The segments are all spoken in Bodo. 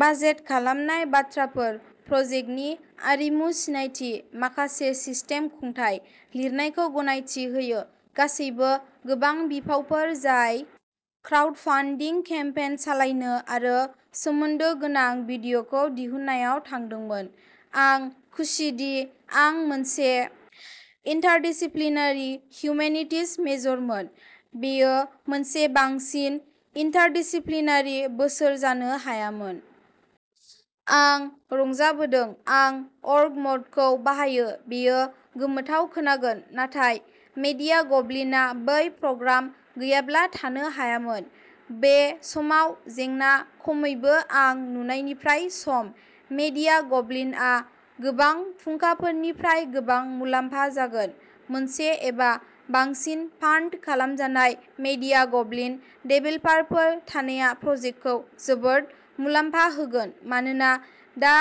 बाजेट खालामनाय बाथ्राफोर, प्रजेक्टनि आरिमु सिनायथि माखासे सिस्टेम खुंथाय, लिरनायखौ गनायथि होयो, गासैबो गोबां बिफावफोर जाय क्राउडफान्डिं केम्पेइन सालायनो आरो सोमोन्दो गोनां भिडिय'खौ दिहुननायाव थांदोंमोन। आं खुसिदि आं मोनसे इन्टारडिसिप्लिनारि हिउमेनिटीज मेजरमोन। बेयो मोनसे बांसिन इन्टारडिसिप्लिनारि बोसोर जानो हायामोन। आं रंजाबोदों आं अर्ग-मडखौ बाहायो बेयो गोमोथाव खोनागोन, नाथाय मीडियागब्लिनआ बै प्रग्राम गैयाब्ला थानो हायामोन। बे समाव जेंना, खमैबो आं नुनायनिफ्राय, सम। मीडियागब्लिनआ गोबां फुंखाफोरनिफ्राय गोबां मुलाम्फा जागोन, मोनसे एबा बांसिन फान्ड खालामजानाय मीडियागब्लिन देभेलपारफोर थानाया प्रजेक्तखौ जोबोद मुलाम्फा होगोन, मानोना दा,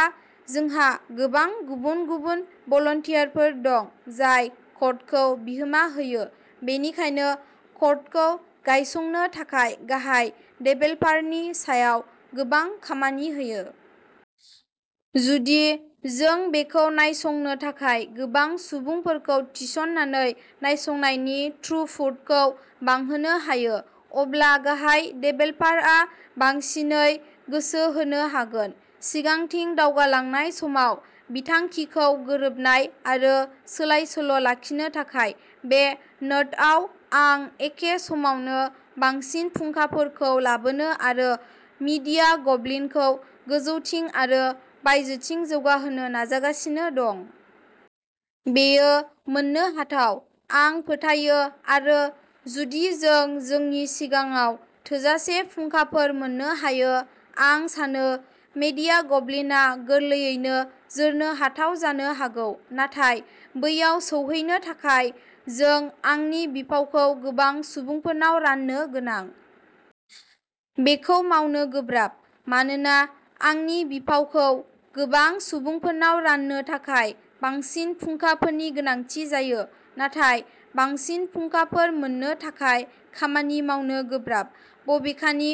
जोंहा गोबां गुबुन-गुबुन भलान्टियारफोर दं जाय क'डखौ बिहोमा होयो, बेनिखायनो क'डखौ नायसंनो थाखाय गाहाय देभेलपारनि सायाव गोबां खामानि होयो। जुदि जों बेखौ नायसंनो थाखाय गोबां सुबुंफोरखौ थिस'ननानै नायसंनायनि थ्रुपुटखौ बांहोनो हायो, अब्ला गाहाय देभेलपारआ बांसिनै गोसो होनो हागोन। सिगांथिं दावगालांनाय समाव बिथांखिखौ गोरोबनाय आरो सोलाय सोल' लाखिनो थाखाय। बे नोटआव, आं एखे समावनो बांसिन फुंखाफोरखौ लाबोनो आरो मीडिया गब्लिनखौ गोजौथिं आरो बायजोथिं जौगाहोनो नाजागासिनो दं। बेयो मोन्नो हाथाव, आं फोथायो, आरो जुदि जों जोंनि सिगाङाव थोजासे फुंखाफोर मोन्नो हायो, आं सानो मीडिया गब्लिनआ गोरलैयैनो जोरनो हाथाव जानो हागौ। नाथाय बैयाव सौहैनो थाखाय, जों आंनि बिफावखौ गोबां सुबुंफोरनाव राननो गोनां। बेखौ मावनो गोब्राब मानोना आंनि बिफावखौ गोबां सुबुंफोरनाव राननो थाखाय बांसिन फुंखाफोरनि गोनांथि जायो, नाथाय बांसिन फुंखाफोर मोन्नो थाखाय खामानि मावनो गोब्राब, बबेखानि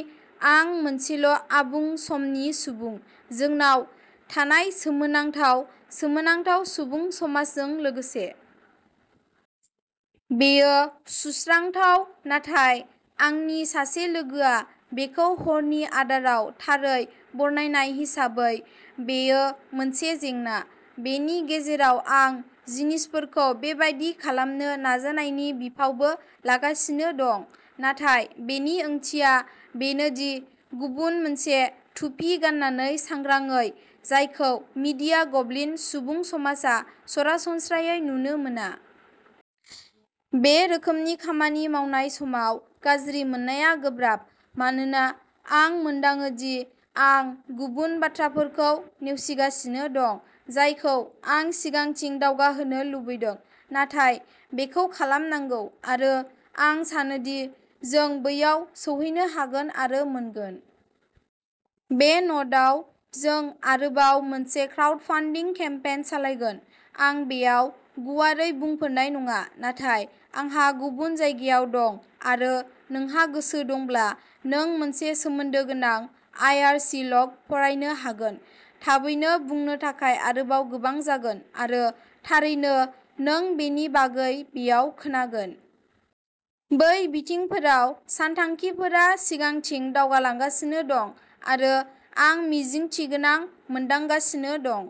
आं मोनसेल' आबुं समनि सुबुं, जोंनाव थानाय सोमोनांथाव, सोमोनांथाव सुबुं समाजजों लोगोसे। बेयो सुस्रांथाव, नाथाय आंनि सासे लोगोआ बेखौ हरनि आदाराव थारै बरनायनाय हिसाबै, बेयो मोनसे जेंना। बेनि गेजेराव, आं जिनिसफोरखौ बेबादि खालामनो नाजानायनि बिफावबो लागासिनो दं, नाथाय बेनि ओंथिया बेनो दि गुबुन मोनसे थुफि गाननानै सांग्रांयै, जायखौ मीडिया गब्लिन सुबुं समाजआ सरासनस्रायै नुनो मोना। बे रोखोमनि खामानि मावनाय समाव गाज्रि मोननाया गोब्राब, मानोना आं मोनदाङो दि आं गुबुन बाथ्राफोरखौ नेवसिगासिनो दं जायखौ आं सिगांथिं दावगाहोनो लुबैदों। नाथाय बेखौ खालामनांगौ। आरो आं सानोदि जों बैयाव सौहैनो हागोन आरो मोनगोन। बे नोटआव, जों आरोबाव मोनसे क्राउडफान्डिं केम्पेइन सालायगोन। आं बेयाव गुवारै बुंफोरनाय नङा, नाथाय आंहा गुबुन जायगायाव दं, आरो नोंहा गोसो दंब्ला, नों मोनसे सोमोन्दो गोनां आई आरसी लग फरायनो हागोन। थाबैनो बुंनो थाखाय आरोबाव गोबां जागोन, आरो थारैनो नों बेनि बागै बेयाव खोनागोन। बै बिथिंफोराव सानथांखिफोरा सिगांथिं दावगालांगासिनो दं, आरो आं मिजिंथिगोनां मोनदांगासिनो दं।